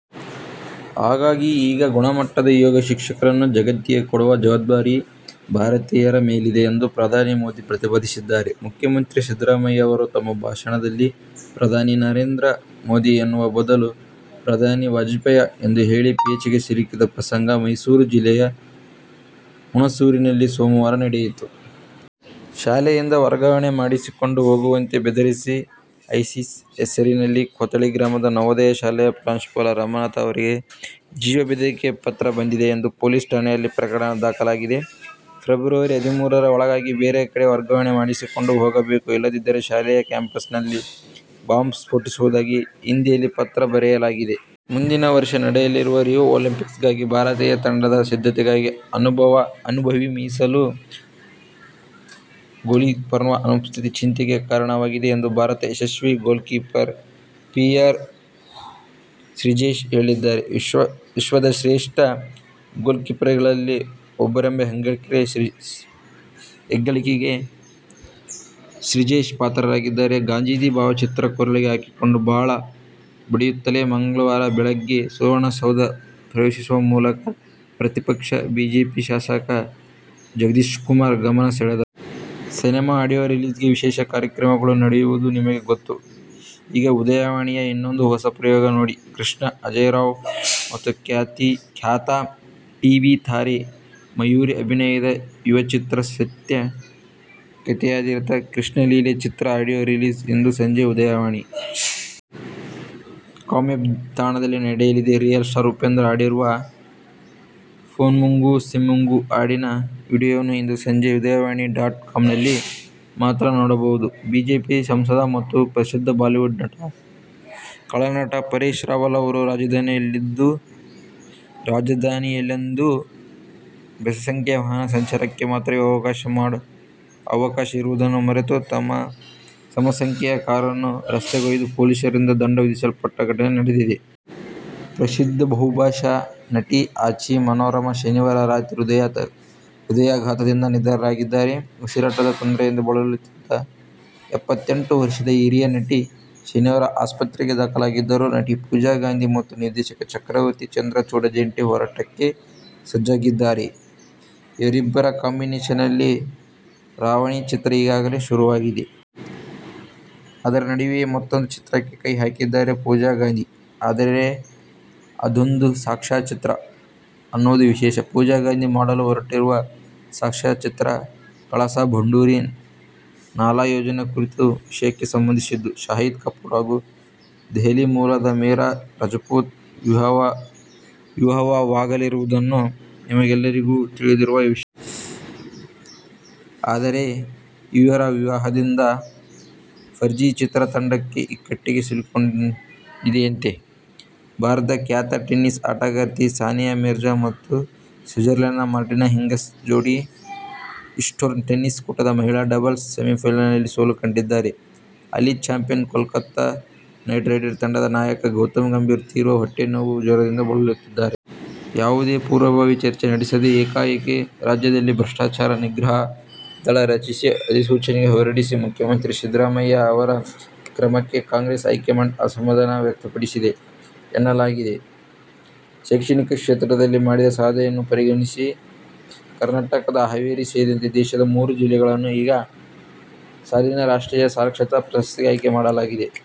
ಹಾಗಾಗಿ ಈಗ ಗುಣಮಟ್ಟದ ಯೋಗ ಶಿಕ್ಷಕರನ್ನು ಜಗತ್ತಿಗೆ ಕೊಡುವ ಜವಾಬ್ದಾರಿ ಭಾರತೀಯರ ಮೇಲಿದೆ ಎಂದು ಪ್ರಧಾನಿ ಮೋದಿ ಪ್ರತಿಪಾದಿಸಿದ್ದಾರೆ. ಮುಖ್ಯಮಂತ್ರಿ ಸಿದ್ದರಾಮಯ್ಯ ಅವರು ತಮ್ಮ ಭಾಷಣದಲ್ಲಿ ಪ್ರಧಾನಿ ನರೇಂದ್ರ ಮೋದಿ ಎನ್ನುವ ಬದಲು ಪ್ರಧಾನಿ ವಾಜಪೇಯಿ ಎಂದು ಹೇಳಿ ಪೇಚಿಗೆ ಸಿಲುಕಿದ ಪ್ರಸಂಗ ಮೈಸೂರು ಜಿಲ್ಲೆಯ ಹುಣಸೂರಿನಲ್ಲಿ ಸೋಮವಾರ ನಡೆಯಿತು. ಶಾಲೆಯಿಂದ ವರ್ಗಾವಣೆ ಮಾಡಿಸಿಕೊಂಡು ಹೋಗುವಂತೆ ಬೆದರಿಸಿ ಐಸಿಸ್ ಹೆಸರಿನಲ್ಲಿ ಕೋಥಳಿ ಗ್ರಾಮದ ನವೋದಯ ಶಾಲೆಯ ಪ್ರಾಂಶುಪಾಲ ರಮನಾಥ ಅವರಿಗೆ ಜೀವ ಬೆದರಿಕೆ ಪತ್ರ ಬಂದಿದೆ ಎಂದು ಪೊಲೀಸ್ ಠಾಣೆಯಲ್ಲಿ ಪ್ರಕರಣ ದಾಖಲಾಗಿದೆ. ಫೆಬ್ರವರಿ ಹದಿಮೂರರ ಒಳಗಾಗಿ ಬೇರೆ ಕಡೆ ವರ್ಗಾವಣೆ ಮಾಡಿಸಿಕೊಂಡು ಹೋಗಬೇಕು, ಇಲ್ಲದಿದ್ದರೆ ಶಾಲೆಯ ಕ್ಯಾಂಪಸ್ದಲ್ಲಿ ಬಾಂಬ್ ಸ್ಫೋಟಿಸುವುದಾಗಿ ಹಿಂದಿಯಲ್ಲಿ ಪತ್ರ ಬರೆಯಲಾಗಿದೆ. ಮುಂದಿನ ವರ್ಷ ನಡೆಯಲಿರುವ ರಿಯೋ ಒಲಿಂಪಿಕ್ಸ್ಗಾಗಿ ಭಾರತೀಯ ತಂಡದ ಸಿದ್ಧತೆಗಾಗಿ ಅನುಭವಿ ಮೀಸಲು ಗೋಲ್ಕೀಪರ್ನ ಅನುಪಸ್ಥಿತಿ ಚಿಂತೆಗೆ ಕಾರಣವಾಗಿದೆ ಎಂದು ಭಾರತದ ಯಶಸ್ವಿ ಗೋಲ್ಕೀಪರ್ ಪಿ ಆರ್ ಶ್ರೀಜೇಶ್ ಹೇಳಿದ್ದಾರೆ. ವಿಶ್ವದ ಶ್ರೇಷ್ಠ ಗೋಲ್ಕೀಪರ್ಗಳಲ್ಲಿ ಒಬ್ಬರೆಂಬ ಹೆಗ್ಗಳಿಕೆಗೆ ಶ್ರೀಜೇಶ್ ಪಾತ್ರರಾಗಿದ್ದಾರೆ. ಗಾಂಧೀಜಿ ಭಾವಚಿತ್ರ ಕೊರಳಿಗೆ ಹಾಕಿಕೊಂಡು ತಾಳ ಬಡಿಯುತ್ತಲೇ ಮಂಗಳವಾರ ಬೆಳಗ್ಗೆ ಸುವರ್ಣಸೌಧ ಪ್ರವೇಶಿಸುವ ಮೂಲಕ ಪ್ರತಿಪಕ್ಷ ಬಿಜೆಪಿ ಶಾಸಕ ಜಗದೀಶ್ಕುಮಾರ್ ಗಮನ ಸೆಳೆದರು. ಸಿನೆಮಾ ಆಡಿಯೋ ರಿಲೀಸ್ಗೆ ವಿಶೇಷ ಕಾರ್ಯಕ್ರಮಗಳು ನಡೆಯುವುದು ನಿಮಗೆ ಗೊತ್ತು. ಈಗ ಉದಯವಾಣಿಯ ಇನ್ನೊಂದು ಹೊಸ ಪ್ರಯೋಗ ನೋಡಿ. ಕೃಷ್ಣ ಅಜೇಯ್ ರಾವ್ ಮತ್ತು ಖ್ಯಾತ ಟಿ. ವಿ. ತಾರೆ ಮಯೂರಿ ಅಭಿನಯದ ಯುವಚಿತ್ರ, ಸತ್ಯಕಥೆಯಾಧಾರಿತ ಕೃಷ್ಣಲೀಲೆ ಚಿತ್ರದ ಆಡಿಯೋ ರಿಲೀಸ್ ಇಂದು ಸಂಜೆ ಉದಯವಾಣಿ. ಕಾಮ್ ವೆಬ್ ತಾಣದಲ್ಲಿ ನಡೆಯಲಿದೆ. ರಿಯಲ್ ಸ್ಟಾರ್ ಉಪೇಂದ್ರ ಹಾಡಿರುವ ಫೋನಮ್ಮುಂಗು ಸಿಮ್ಮಪ್ಪುಂಗು.. ಹಾಡಿನ ವಿಡಿಯೋವನ್ನು ಇಂದು ಸಂಜೆ ಉದಯವಾಣಿ ಡಾಟ್ ಕಾಮ್ನಲ್ಲಿ ಮಾತ್ರ ನೋಡಬಹುದು. ಬಿಜೆಪಿ ಸಂಸದ ಮತ್ತು ಪ್ರಸಿದ್ಧ ಬಾಲಿವುಡ್ ಖಳ ನಟ ಪರೇಶ್ ರಾವಲ್ ಅವರು ರಾಜಧಾನಿಯಲ್ಲಿಂದು ಬೆಸ ಸಂಖ್ಯೆಯ ವಾಹನ ಸಂಚಾರಕ್ಕೆ ಮಾತ್ರವೇ ಅವಕಾಶ ಇರುವುದನ್ನು ಮರೆತು ತಮ್ಮ ಸಮ ಸಂಖ್ಯೆಯ ಕಾರನ್ನು ರಸ್ತೆಗೊಯ್ದು ಪೊಲೀಸರಿಂದ ದಂಡ ವಿಧಿಸಲ್ಪಟ್ಟ ಘಟನೆ ನಡೆದಿದೆ. ಪ್ರಸಿದ್ಧ ಬಹುಭಾಷಾ ನಟಿ ಆಚಿ ಮನೋರಮಾ ಶನಿವಾರ ರಾತ್ರಿ ಹೃದಯಾಘಾತದಿಂದ ನಿಧನರಾಗಿದ್ದಾರೆ. ಉಸಿರಾಟದ ತೊಂದರೆಯಿಂದ ಬಳಲುತ್ತಿದ್ದ ಎಪ್ಪತೆಂಟು ವರ್ಷದ ಹಿರಿಯರ ನಟಿ ಶನಿವಾರ ಆಸ್ಪತ್ರೆಗೆ ದಾಖಲಾಗಿದ್ದರು. ನಟಿ ಪೂಜಾ ಗಾಂಧಿ ಮತ್ತು ನಿರ್ದೇಶಕ ಚಕ್ರವರ್ತಿ ಚಂದ್ರಚೂಡ ಜಂಟಿ ಹೋರಾಟಕ್ಕೆ ಸಜ್ಜಾಗಿದ್ದಾರೆ. ಇವರಿಬ್ಬರ ಕಾಂಬಿನೇಷನ್ನಲ್ಲಿ ರಾವಣಿ ಚಿತ್ರ ಈಗಾಗಲೇ ಶುರುವಾಗಿದೆ. ಅದರ ನಡುವೆಯೇ ಮತ್ತೊಂದು ಚಿತ್ರಕ್ಕೆ ಕೈ ಹಾಕಿದ್ದಾರೆ ಪೂಜಾ ಗಾಂಧಿ. ಆದರೆ, ಅದೊಂದು ಸಾಕ್ಷ್ಯಚಿತ್ರ ಅನ್ನೋದು ವಿಶೇಷ. ಪೂಜಾ ಗಾಂಧಿ ಮಾಡಲು ಹೊರಟಿರುವ ಸಾಕ್ಷ್ಯಚಿತ್ರ ಕಳಸಾ-ಬಂಡೂರಿ ನಾಲಾ ಯೋಜನೆ ಕುರಿತ ವಿಷಯಕ್ಕೆ ಸಂಬಂಧಿಸಿದ್ದು. ಶಾಹಿದ್ ಕಪೂರ್ ಹಾಗೂ ದೆಹಲಿ ಮೂಲದ ಮೀರಾ ರಜಪೂತ್ ವಿವಾಹವಾಗಲಿರುವುದನ್ನು ನಿಮ್ಮೆಗೆಲ್ಲರಿಗೂ ತಿಳಿದಿರುವ ವಿಷಯ. ಆದರೆ ಇವರ ವಿವಾಹದಿಂದ ಫರ್ಝಿ ಚಿತ್ರ ತಂಡ ಇಕ್ಕಟ್ಟಿಗೆ ಸಿಲುಕಿಕೊಂಡಿದೆಯಂತೆ. ಭಾರತದ ಖ್ಯಾತ ಟೆನ್ನಿಸ್ ಆಟಗಾರ್ತಿ ಸಾನಿಯಾ ಮಿರ್ಜಾ ಮತ್ತು ಸ್ವಿಜರ್ಲೆಂಡ್ನ ಮಾರ್ಟಿನಾ ಹಿಂಗಿಸ್ ಜೋಡಿ ಈಸ್ಟ್ಬೋರ್ನ್ ಟೆನ್ನಿಸ್ ಕೂಟದ ಮಹಿಳಾ ಡಬಲ್ಸ್ ಸೆಮಿಫೈನಲ್ನಲ್ಲಿ ಸೋಲು ಕಂಡಿದ್ದಾರೆ. ಹಾಲಿ ಚಾಂಪಿಯನ್ ಕೋಲ್ಕತಾ ನೈಟ್ ರೈಡರ್ ತಂಡದ ನಾಯಕ ಗೌತಮ್ ಗಂಭೀರ್ ತೀವ್ರ ಹೊಟ್ಟೆ ನೋವು ಜ್ವರದಿಂದ ಬಳಲುತ್ತಿದ್ದಾರೆ. ಯಾವುದೇ ಪೂರ್ವಭಾವಿ ಚರ್ಚೆ ನಡೆಸದೆ ಏಕಾಏಕಿ ರಾಜ್ಯದಲ್ಲಿ ಭ್ರಷ್ಟಾಚಾರ ನಿಗ್ರಹ ದಳ ರಚಿಸಿ ಅಧಿಸೂಚನೆ ಹೊರಡಿಸಿದ ಮುಖ್ಯಮಂತ್ರಿ ಸಿದ್ದರಾಮಯ್ಯ ಅವರ ಕ್ರಮಕ್ಕೆ ಕಾಂಗ್ರೆಸ್ ಹೈಕಮಾಂಡ್ ಅಸಮಾಧಾನ ವ್ಯಕ್ತಪಡಿಸಿದೆ ಎನ್ನಲಾಗಿದೆ. ಶೈಕ್ಷಣಿಕ ಕ್ಷೇತ್ರದಲ್ಲಿ ಮಾಡಿದ ಸಾಧನೆಯನ್ನು ಪರಿಗಣಿಸಿ ಕರ್ನಾಟಕದ ಹಾವೇರಿ ಸೇರಿದಂತೆ ದೇಶದ ಮೂರು ಜಿಲ್ಲೆಗಳನ್ನು ಈ ಸಾಲಿನ ರಾಷ್ಟ್ರೀಯ ಸಾಕ್ಷರತಾ ಪ್ರಶಸ್ತಿಗೆ ಆಯ್ಕೆ ಮಾಡಲಾಗಿದೆ.